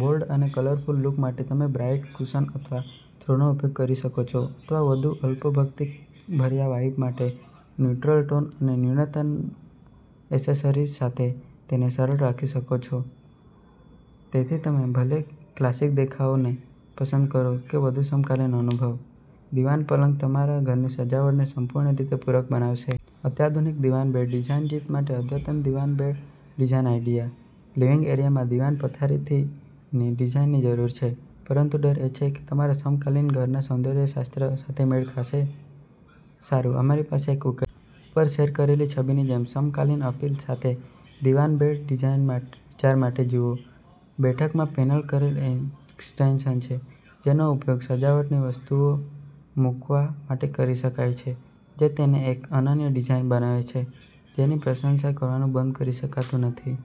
Bold અને colourful look માટે તમે બ્રાઈટ કુશન અથવા થ્રોનો ઉપયોગ કરી શકો છો અથવા વધુ અલ્પોક્તિભર્યા વાઈબ માટે ન્યૂટ્રલ ટોન અને ન્યૂનતમ એસેસરીઝ સાથે તેને સરળ રાખી શકો છો. તેથી, તમે ભલે ક્લાસિક દેખાવને પસંદ કરો કે વધુ સમકાલીન અનુભવ, દીવાન પલંગ તમારા ઘરની સજાવટને સંપૂર્ણ રીતે પૂરક બનાવશે. અત્યાધુનિક દિવાન બેડ ડિઝાઇન જીત માટે અદ્યતન દિવાન બેડ ડિઝાઇન આઇડિયા! લિવિંગ એરિયામાં દીવાન પથારીથી ડિઝાઈનની જરૂર છે, પરંતુ ડર એ છે કે તે તમારા સમકાલીન ઘરના સૌંદર્ય શાસ્ત્ર સાથે મેળખાશે? સારું, અમારી પાસે એક ઉકે ઉપર શેર કરેલી છબીની જેમ સમકાલીન અપીલ સાથે દીવાન બેડ ડિઝાઇન માટ વિચારો માટે જુઓ. બેઠકમાં પેનલ કરેલ એનક્સ્ટેંશન છે જેનો ઉપયોગ સજાવટની વસ્તુઓ મૂકવા માટે કરી શકાય છે જે તેને એક અનન્ય ડિઝાઇન બનાવે છે જેની પ્રશંસા કરવાનું બંધ કરી શકાતું નથી.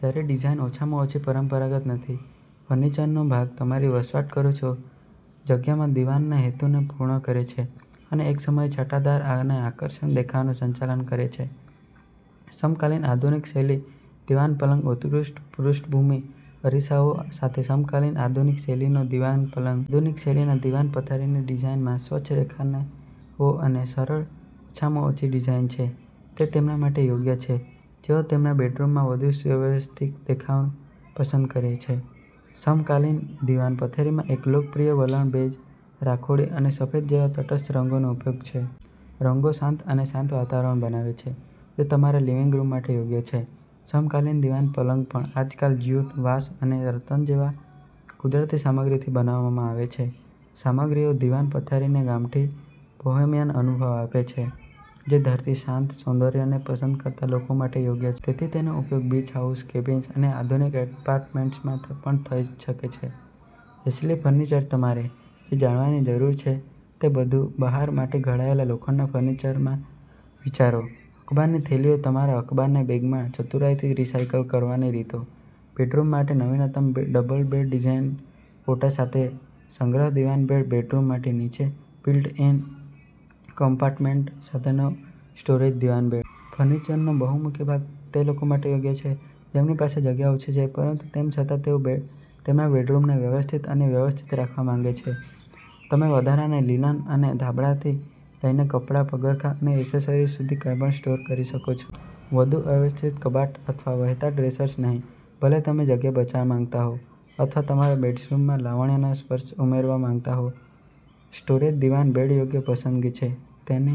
જ્યારે ડિઝાઇન ઓછામાં ઓછી પરંપરાગત નથી, ફર્નિચરનોભાગ તમારી વસવાટ કરો છો જગ્યામાં દીવાનના હેતુને પૂર્ણ કરે છે અને એકસમયે છટાદાર આને આકર્ષક દેખાવાનું સંચાલન કરે છે! સમકાલીન આધુનિક શૈલી દીવાન પલંગ ઉત્કૃષ્ટ પૃષ્ઠભૂમિ અરીસાઓ સાથે સમકાલીન આધુનિક-શૈલીનો દીવાન પલંગ. આધુનિક-શૈલીના દીવાન પથારીની ડિઝાઇનમાં સ્વચ્છ રેખાનાઓ અને સરળ, ઓછામાં ઓછી ડિઝાઇન છે. તે તેમના માટે યોગ્ય છે જેઓ તેમના બેડરૂમમાં વધુ સુવ્યવસ્થિત દેખાવ પસંદ કરે છે. સમકાલીન દીવાન પથારીમાં એક લોકપ્રિય વલણ બેજ, રાખોડી અને સફેદ જેવા તટસ્થ રંગોનો ઉપયોગ છે. રંગો શાંત અને શાંત વાતાવરણ બનાવે છે, જે તમારા લિવિંગ રૂમ માટે યોગ્ય છે. સમકાલીન દીવાન પલંગ પણ આજકાલ જ્યુટ, વાંસ અને રતન જેવા કુદરતી સામગ્રીથી બનાવવામાં આવે છે. સામગ્રીઓ દીવાન પથારીને ગામઠી, બોહેમિયન અનુભવ આપે છે, જે ધરતી, શાંત સૌંદર્યને પસંદ કરતા લોકો માટે યોગ્ય તેથી, તેનો ઉપયોગ બીચ હાઉસ, કેબિન્સ અને આધુનિક એપાર્ટમેન્ટ્સમાં પણ થઈ શકે છે. એશલી ફર્નિચરતમારે જે જાણવાની જરૂર છે તે બધું, બહાર માટે ઘડાયેલા લોખંડના ફર્નિચરમાં વિચારો, અખબારની થેલીઓતમારા અખબારને બેગમાં ચતુરાઈથી રિસાયકલ કરવાની રીતો, બેડરૂમ માટે નવીનતમ બે ડબલ બેડ ડિઝાઇનફોટા સાથે, સંગ્રહ દીવાન બેડ બેડરૂમ માટે નીચે બિલ્ટ-ઇન કમ્પાર્ટમેન્ટ સાથેનો સ્ટોરેજ દીવાન બેડ. ફર્નિચરનોબહુમુખી ભાગ તે લોકો માટે યોગ્ય છે જેમની પાસે જગ્યા ઓછી છે પરંતુ તેમ છતાં તેઓ બે તેમના બેડરૂમને વ્યવસ્થિત અને વ્યવસ્થિત રાખવા માંગે છે. તમે વધારાના લિનન અને ધાબળાથી લઈને કપડાં, પગરખાં અને એસેસરીઝ સુધી કંઈપણ સ્ટોર કરી શકો છો. વધુ અવ્યસ્થિત કબાટ અથવા વહેતા ડ્રેસર્સ નહીં! ભલે તમે જગ્યા બચાવવા માંગતા હોવ અથવા તમારા બેડ્સરૂમમાં લાવણ્યનો સ્પર્શ ઉમેરવા માંગતા હો, સ્ટોરેજ દીવાન બેડયોગ્ય પસંદગી છે. તેની